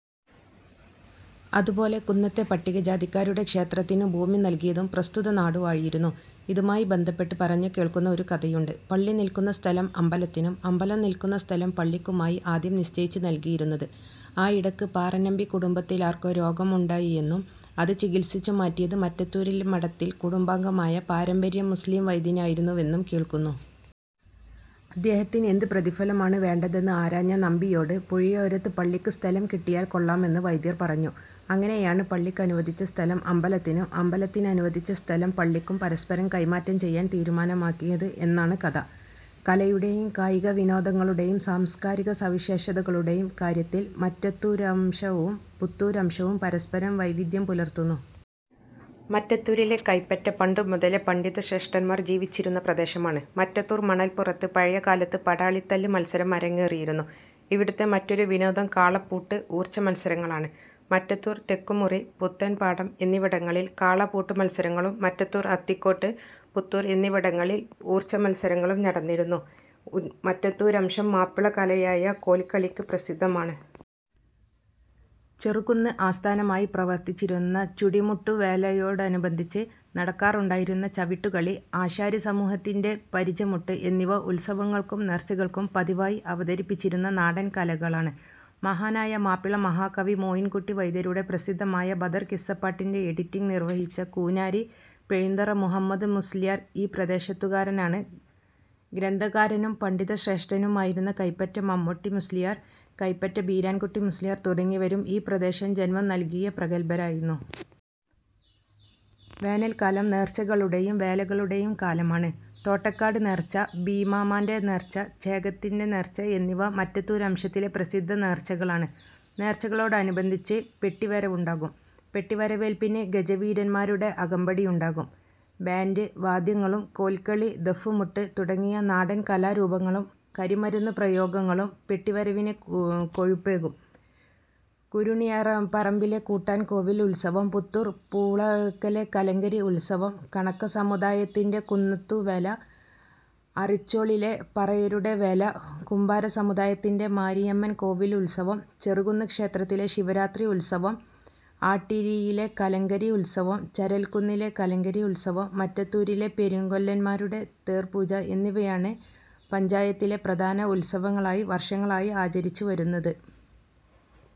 അതുപോലെ കുന്നത്തെ പട്ടികജാതിക്കാരുടെ ക്ഷേത്രത്തിനു ഭൂമി നൽകിയതും പ്രസ്തുത നാടുവാഴിയായിരുന്നു. ഇതുമായി ബന്ധപ്പെട്ട് പറഞ്ഞുകേൾക്കുന്ന ഒരു കഥയുണ്ട്. പള്ളി നിൽക്കുന്ന സ്ഥലം അമ്പലത്തിനും, അമ്പലം നിൽക്കുന്ന സ്ഥലം പള്ളിക്കുമായിരുന്നു ആദ്യം നിശ്ചയിച്ച് നൽകിയിരുന്നത്. ആയിടക്ക് പാറനമ്പി കുടുംബത്തിലാർക്കോ രോഗമുണ്ടായിയെന്നും അത് ചികിത്സിച്ചുമാറ്റിയത് മറ്റത്തൂരിലെ മഠത്തിൽ കുടുംബാംഗമായ പാരമ്പര്യ മുസ്ളീം വൈദ്യനായിരുന്നുവെന്നും കേൾക്കുന്നു. അദ്ദേഹത്തിന് എന്ത് പ്രതിഫലമാണ് വേണ്ടതെന്ന് ആരാഞ്ഞ നമ്പിയോട് പുഴയോരത്ത് പള്ളിക്ക് സ്ഥലം കിട്ടിയാൽ കൊള്ളാമെന്ന് വൈദ്യർ പറഞ്ഞു. അങ്ങനെയാണ് പള്ളിക്കനുവദിച്ച സ്ഥലം അമ്പലത്തിനും അമ്പലത്തിനനുവദിച്ച സ്ഥലം പള്ളിക്കും പരസ്പരം കൈമാറ്റം ചെയ്യാൻ തീരുമാനിക്കുന്നത് എന്നാണ് കഥ. കലയുടെയും കായികവിനോദങ്ങളുടെയും സാംസ്കാരിക സവിശേഷതകളുടേയും കാര്യത്തിൽ മറ്റത്തൂരംശവും പുത്തൂരംശവും പരസ്പരം വൈവിധ്യം പുലർത്തുന്നു. മറ്റത്തൂരിലെ കൈപ്പറ്റ പണ്ടു മുതലേ പണ്ഡിത ശ്രേഷ്ഠന്മാർ ജീവിച്ചിരുന്ന പ്രദേശമാണ്. മറ്റത്തൂർ മണൽപുറത്ത് പഴയകാലത്ത് പടാളിത്തല്ല് മത്സരം അരങ്ങേറിയിരുന്നു. ഇവിടുത്തെ മറ്റൊരു വിനോദം കാളപ്പൂട്ട് ഊർച്ച മത്സരങ്ങളാണ്. മറ്റത്തൂർ, തെക്കുംമുറി, പുത്തൂർപാടം എന്നിവിടങ്ങളിൽ കാളപൂട്ടുമത്സരങ്ങളും മറ്റത്തൂർ, അത്തിക്കോട്, പുത്തൂർ എന്നിവിടങ്ങളിൽ ഊർച്ചമത്സരങ്ങളും നടന്നിരുന്നു. മറ്റത്തൂരംശം മാപ്പിളകലയായ കോൽക്കളിക്ക് പ്രസിദ്ധമാണ്. ചെറുകുന്ന് ആസ്ഥാനമായി പ്രവർത്തിച്ചിരുന്ന ചുടിമുട്ടുവേലയോടനുബന്ധിച്ച് നടക്കാറുണ്ടായിരുന്ന ചവിട്ടുകളി, ആശാരിസമൂഹത്തിന്റെ പരിചമുട്ട് എന്നിവ ഉത്സവങ്ങൾക്കും നേർച്ചകൾക്കും പതിവായി അവതരിപ്പിച്ചിരുന്ന നാടൻ കലകളാണ്. മഹാനായ മാപ്പിള മഹാകവി മോയിൻകുട്ടി വൈദ്യരുടെ പ്രസിദ്ധമായ ബദർകിസ്സപ്പാട്ടിന്റെ എഡിറ്റിംഗ് നിർവ്വഹിച്ച കൂനാരി പെഴുന്തറ മുഹമ്മദ് മുസ്ള്യാർ ഈ പ്രദേശത്തുകാരനാണ്. ഗ്രന്ഥകാരനും പണ്ഡിതശ്രേഷ്ഠനുമായിരുന്ന കൈപ്പറ്റ മമ്മുട്ടി മുസ്ള്യാർ, കൈപ്പറ്റ ബീരാൻ കുട്ടി മുസ്ള്യാർ തുടങ്ങിയവരും ഈ പ്രദേശം ജന്മം നൽകിയ പ്രഗല്ഭരായിരുന്നു. വേനൽക്കാലം നേർച്ചകളുടെയും വേലകളുടെയും കാലമാണ്. തോട്ടക്കോട് നേർച്ച, ബീമാമാന്റ നേർച്ച, ചേക്കത്തിൽ നേർച്ച എന്നിവ മറ്റത്തൂരംശത്തിലെ പ്രസിദ്ധ നേർച്ചകളാണ്. നേർച്ചകളോടനുബന്ധിച്ച് പെട്ടിവരവുണ്ടാകും. പെട്ടിവരവേൽപ്പിന് ഗജവീരന്മാരുടെ അകമ്പടിയുണ്ടാകും. ബാന്റ് വാദ്യങ്ങളും, കോൽക്കളി, ദഫ്മുട്ട് തുടങ്ങിയ നാടൻകലാരൂപങ്ങളും, കരിമരുന്ന് പ്രയോഗങ്ങളും പെട്ടിവരവിനു കൊഴുപ്പേകും. കുരുണിയപ്പറമ്പിലെ കുട്ടൻകോവിൽ ഉത്സവം, പുത്തൂർ പൂളക്കലെ കലങ്കരി ഉത്സവം, കണക്ക സമുദായത്തിന്റെ കുന്നത്തുവേല, അറിച്ചോളിലെ പറയരുടെ വേല, കുംഭാര സമുദായത്തിന്റെ മാരിയമ്മൻ കോവിൽ ഉത്സവം, ചെറുകുന്ന് ക്ഷേത്രത്തിലെ ശിവരാത്രി ഉത്സവം, ആട്ടീരിയിലെ കലങ്കരി ഉത്സവം, ചരൽക്കുന്നിലെ കലങ്കരി ഉത്സവം, മറ്റത്തൂരിലെ പെരുങ്കൊല്ലന്മാരുടെ തേർപൂജ എന്നിവയാണ് പഞ്ചായത്തിലെ പ്രധാന ഉത്സവങ്ങളായി വർഷങ്ങളായി ആചരിച്ചു വരുന്നത്.